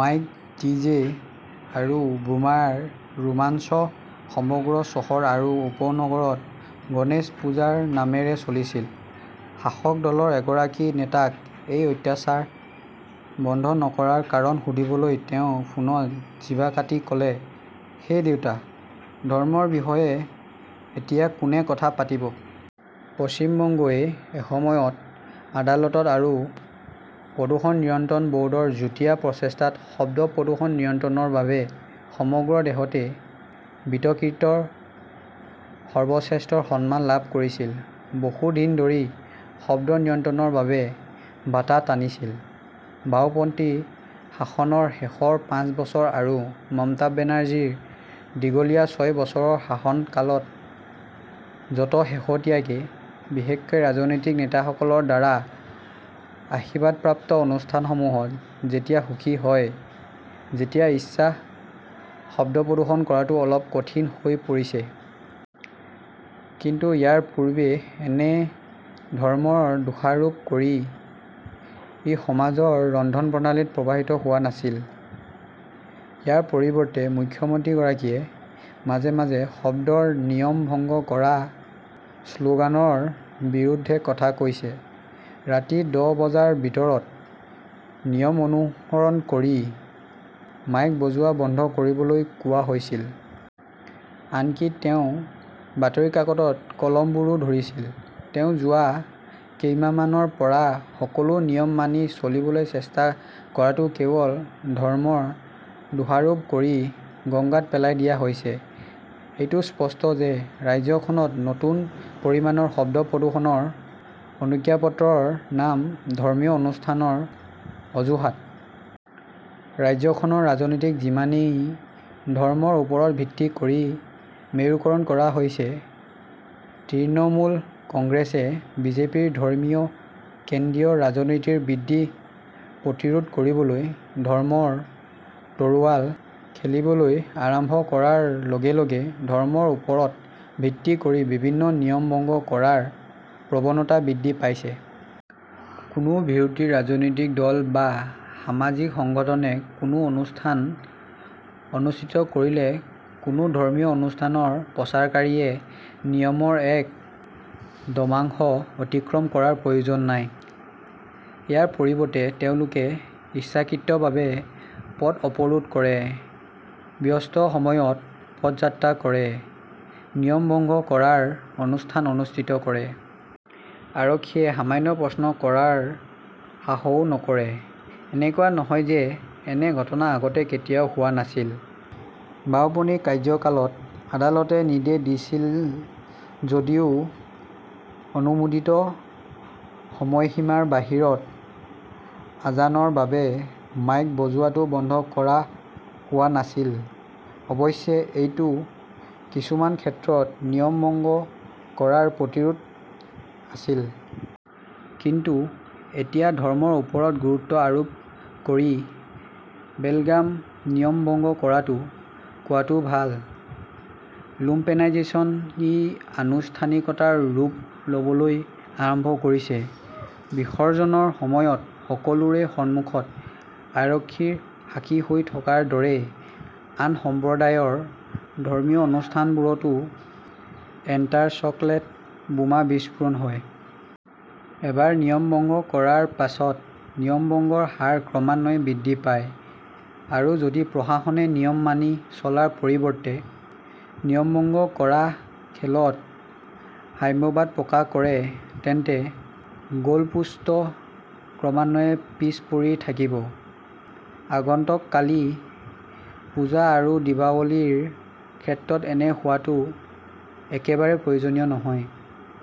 Mike, DJ আৰু বোমাৰ ৰোমাঞ্চ সমগ্ৰ চহৰ আৰু উপনগৰত গণেশ পূজাৰ নামেৰে চলিছিল। শাসক দলৰ এগৰাকী নেতাক এই অত্যাচাৰ বন্ধ নকৰাৰ কাৰণ সুধিবলৈ তেওঁ ফোনত জিভা কাটি ক'লে, হে দেউতা! ধৰ্মৰ বিষয়ে এতিয়া কোনে কথা পাতিব? পশ্চিম বংগই এসময়ত আদালত আৰু প্ৰদূষণ নিয়ন্ত্ৰণ বৰ্ডৰ যুটীয়া প্ৰচেষ্টাত শব্দ প্ৰদূষণ নিয়ন্ত্ৰণৰ বাবে সমগ্ৰ দেশতে বিতৰ্কিত সৰ্বশ্ৰেষ্ঠৰ সন্মান লাভ কৰিছিল, বহু দিন ধৰি শব্দ নিয়ন্ত্ৰণৰ বাবে ভাটা টানিছিল। বাওঁপন্থী শাসনৰ শেষৰ পাঁচ বছৰ আৰু মমতা বেনাৰ্জীৰ দীঘলীয়া ছয় বছৰৰ শাসনকালত, য 'ত শেহতীয়াকৈ, বিশেষকৈ ৰাজনৈতিক নেতাসকলৰ দ্বাৰা আশীৰ্বাদপ্ৰাপ্ত অনুষ্ঠানসমূহত, যেতিয়া সুখী হয়, যেতিয়াই ইচ্ছা শব্দ প্ৰদূষণ কৰাটো অলপ কঠিন হৈ পৰিছে। কিন্তু ইয়াৰ পূৰ্বে এনে ধৰ্মৰ দোষাৰোপ কৰি ই সমাজৰ ৰন্ধনপ্ৰণালীত প্ৰসাৰিত হোৱা নাছিল। ইয়াৰ পৰিৱৰ্তে মুখ্যমন্ত্ৰীগৰাকীয়ে মাজে-মাজে শব্দৰ নিয়ম ভংগ কৰা শ্লোগানৰ বিৰুদ্ধে কথা কৈছে। ৰাতি দহ বজাৰ ভিতৰত নিয়ম অনুসৰণ কৰি মাইক বজোৱা বন্ধ কৰিবলৈ কোৱা হৈছিল। আনকি তেওঁ বাতৰি কাকতত কলমবোৰো ধৰিছিল। কিন্তু যোৱা কেইমাহমানৰ পৰা সকলো নিয়ম মানি চলিবলৈ চেষ্টা কৰাটো কেৱল ধৰ্মৰ দোষাৰোপ কৰি গঙ্গাত পেলাই দিয়া হৈছে। এইটো স্পষ্ট যে ৰাজ্যখনত নতুন পৰিমাণৰ শব্দ প্ৰদূষণৰ অনুজ্ঞাপত্ৰৰ নাম ধৰ্মীয় অনুষ্ঠানৰ অজুহাত। ৰাজ্যখনৰ ৰাজনীতি যিমানেই ধৰ্মৰ ওপৰত ভিত্তি কৰি মেৰুকৰণ কৰা হৈছে, তৃণমূল কংগ্ৰেছে বিজেপিৰ ধৰ্মীয় কেন্দ্ৰীয় ৰাজনীতিৰ বৃদ্ধি প্ৰতিৰোধ কৰিবলৈ ধৰ্মৰ তৰোৱাল খেলিবলৈ আৰম্ভ কৰাৰ লগে-লগে ধৰ্মৰ ওপৰত ভিত্তি কৰি বিভিন্ন নিয়ম ভংগ কৰাৰ প্ৰৱণতা বৃদ্ধি পাইছে। কোনো বিৰোধী ৰাজনৈতিক দল বা সামাজিক সংগঠনে কোনো অনুষ্ঠান অনুষ্ঠিত কৰিলে কোনো ধৰ্মীয় অনুষ্ঠানৰ প্ৰচাৰকাৰীয়ে নিয়মৰ এক দশমাংশ অতিক্ৰম কৰাৰ প্ৰয়োজন নাই। ইয়াৰ পৰিৱৰ্তে তেওঁলোকে ইচ্ছাকৃতভাৱে পথ অৱৰোধ কৰে, ব্যস্ত সময়ত পদযাত্ৰা কৰে, নিয়ম ভংগ কৰাৰ অনুষ্ঠান অনুষ্ঠিত কৰে। আৰক্ষীয়ে সামান্য প্ৰশ্ন কৰাৰ সাহসও নকৰে। এনেকুৱা নহয় যে এনে ঘটনা আগতে কেতিয়াও হোৱা নাছিল। বাওঁপনী কাৰ্যকালত আদালতে নিৰ্দেশ দিছিল যদিও অনুমোদিত সময়সীমাৰ বাহিৰত আজানৰ বাবে মাইক বজোৱাটো বন্ধ কৰা হোৱা নাছিল। অৱশ্যে, এইটো কিছুমান ক্ষেত্ৰত নিয়ম ভংগ কৰাৰ প্ৰতিৰোধ আছিল। কিন্তু এতিয়া ধৰ্মৰ ওপৰত গুৰুত্ব আৰোপ কৰি বেলগাম নিয়ম ভংগ কৰাটো, কোৱাটো ভাল, 'লুম্পানাইজেচন -এ আনুষ্ঠানিকতাৰ ৰূপ ল' বলৈ আৰম্ভ কৰিছে। বিসৰ্জনৰ সময়ত সকলোৰে সন্মুখত আৰক্ষীৰ সাক্ষী হৈ থকাৰ দৰে আন সম্প্ৰদায়ৰ ধৰ্মীয় অনুষ্ঠানবোৰতো এনতাৰ চকলেট বোমা বিস্ফোৰণ হয়। এবাৰ নিয়ম ভংগ কৰাৰ পিছত নিয়ম ভংগৰ হাৰ ক্ৰমান্বয়ে বৃদ্ধি পায়। আৰু যদি প্ৰশাসনে নিয়ম মানি চলাৰ পৰিৱৰ্তে নিয়ম ভংগ কৰা খেলত সাম্যবাদ প্ৰকাশ কৰে, তেন্তে গলপোষ্ট ক্ৰমান্বয়ে পিছ পৰি থাকিব। আগন্তুক কালী পূজা আৰু দীপাৱলীৰ ক্ষেত্ৰত এনে হোৱাটো একেবাৰে প্ৰয়োজনীয় নহয়।